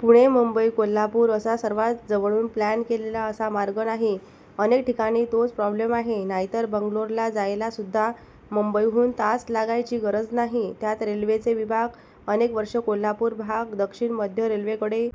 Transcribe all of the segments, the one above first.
पुणे ुंबई-कोल्हापूर असा सर्वात जवळून प्लॅन केलेला असा मार्ग नाही. अनेक ठिकाणी तोच प्रॉब्लेम आहे. नाहीतर बंगलोर ला जायला सुद्धा मुंबईहून तास लागायची गरज नाही. त्यात रेल्वेचे विभाग. अनेक वर्षे कोल्हापूर भाग दक्षिण-मध्य रेल्वे कडे.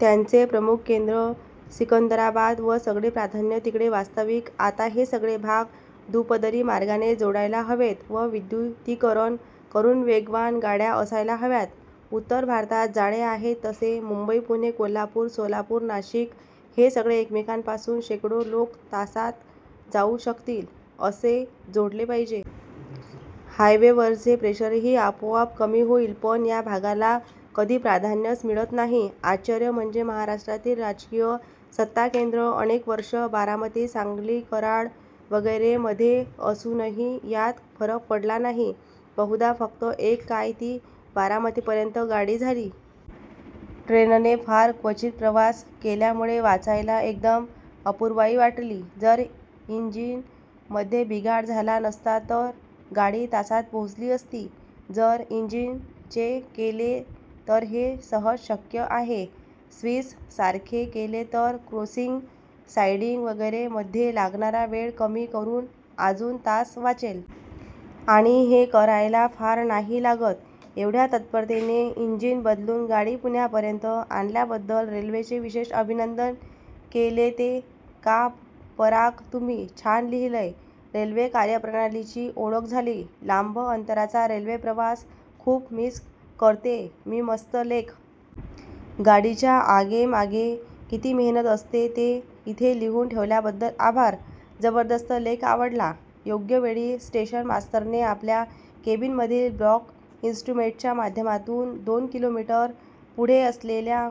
त्यांचे प्रमुख केन्द्र सिकंदराबाद व सगळे प्राधान्य तिकडे. वास्तविक आता हे सगळे भाग दुपदरी मार्गाने जोडायला हवेत व विद्युतीकरण करून वेगवान गाड्या असायला हव्यात उत्तर भारतात जाळे आहे तसे. मुंबई-पुणे-कोल्हापूर-सोलापूर-नाशिक हे सगळे एकमेकांपासून शेकडो लोक तासांत जाउ शकतील असे जोडले पाहिजे. हायवेवरचे प्रेशरही आपोआप कमी होईल. पण या भागाला कधी प्राधान्यच मिळत नाही. आश्चर्य म्हणजे महाराष्ट्रातील राजकीय सत्ताकेन्द्र अनेक वर्षे बारामती, सांगली, कराड वगैरे मधे असूनही यात फरक पडला नाही. बहुधा फक्त एक काय ती बारामतीपर्यंत गाडी झाली. ट्रेनने फार क्वचित प्रवास केल्यामुळे वाचायला एकदम अपूर्वाई वाटली. जर ईजिन मध्ये बिघाड झाला नसता तर गाडी तासात पोहोचली असती. जर ईजिन चे केले तर हे सहज शक्य आहे. स्विस सारखे केले तर क्रोसिंग, साईडिग वगैरे मध्ये लागणारा वेळ कमी करुन आजुन तास वाचेल. आणि हे करायला फार नाही लागत. एवढ्या तत्परतेने इंजिन बदलून गाडी पुण्यापर्यंत आणल्याबद्दल रेल्वेचे विषेश अभिनंदन केलेते का पराग तुम्ही.. छान लिहलय! रेल्वे कार्यप्रणालीची ओळख झाली. लांब अंतराचा रेल्वे-प्रवास खूप मिस करतेय मीमस्त लेख. गाडीच्या आगेमागे किती मेहनत असते ते इथे लिहुन ठेवल्याबद्दल आभार. जबरदस्त लेख, आवडला. योग्यवेळी स्टेशन मास्तरने आपल्या केबीनमधील ब्लॉक इस्ट्रुमेंटच्या माध्यमातून दोन किलोमीटर पुढे असलेल्या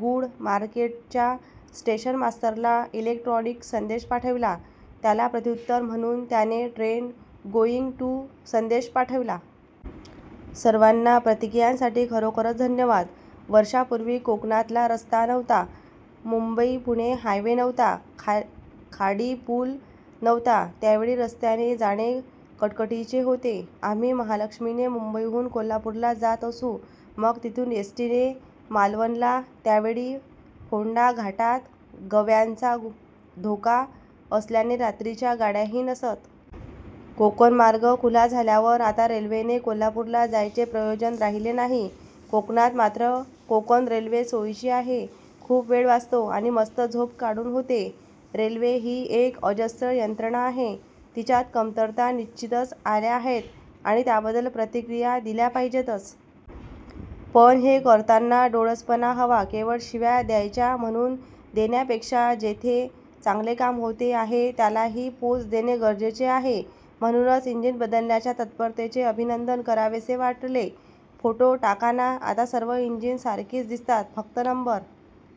गूळ मार्केटच्या स्टेशन मास्तरला इलेक्ट्रॉनिक संदेश पाठविला, त्याला प्रत्युत्तर म्हणून त्याने ट्रेन गोईंग टू संदेश पाठविला. सर्वांना प्रतिक्रियांसाठी खरोखरच धन्यवाद. वर्षांपुर्वी कोकणातला रस्ता नव्हता. मुंबई पुणे हायवे नव्हता, खाडी पूल नव्हता. त्यावेळी रस्त्याने जाणे कटकटीचे होते. आम्ही महालक्ष्मीने मुंबईहून कोल्हापूरला जात असू. मग तिथून एस टी ने मालवणला. त्यावेळी फोंडा घाटात गव्यांचा धोका असल्याने रात्रीच्या गाड्याही नसत. कोकणमार्ग खुला झाल्यावर आता रेल्वेने कोल्हापूरला जायचे प्रयोजन राहिले नाही. कोकणात मात्र कोकण रेल्वे सोयीची आहे. खुप वेळ वाचतो आणि मस्त झोप काढून होते. रेल्वे ही एक अजस्त्र यंत्रणा आहे. तिच्यात कमतरता निश्चितच आल्या आहेत आणि त्याबद्दल प्रतिक्रिया दिल्या पाहिजेतच. पण हे करताना डोळसपणा हवा. केवळ शिव्या द्यायच्या म्हणून देण्यापेक्षा जेथे चांगले काम होते आहे, त्यालाही पोच देणे गरजेचे असते. म्हणूनच इंजिन बदलण्याच्या तत्परतेचे अभिनंदन करावेसे वाटले. फोटो टाका ना! आता सर्व एंजिनं सारखीच दिसतात फक्त नंबर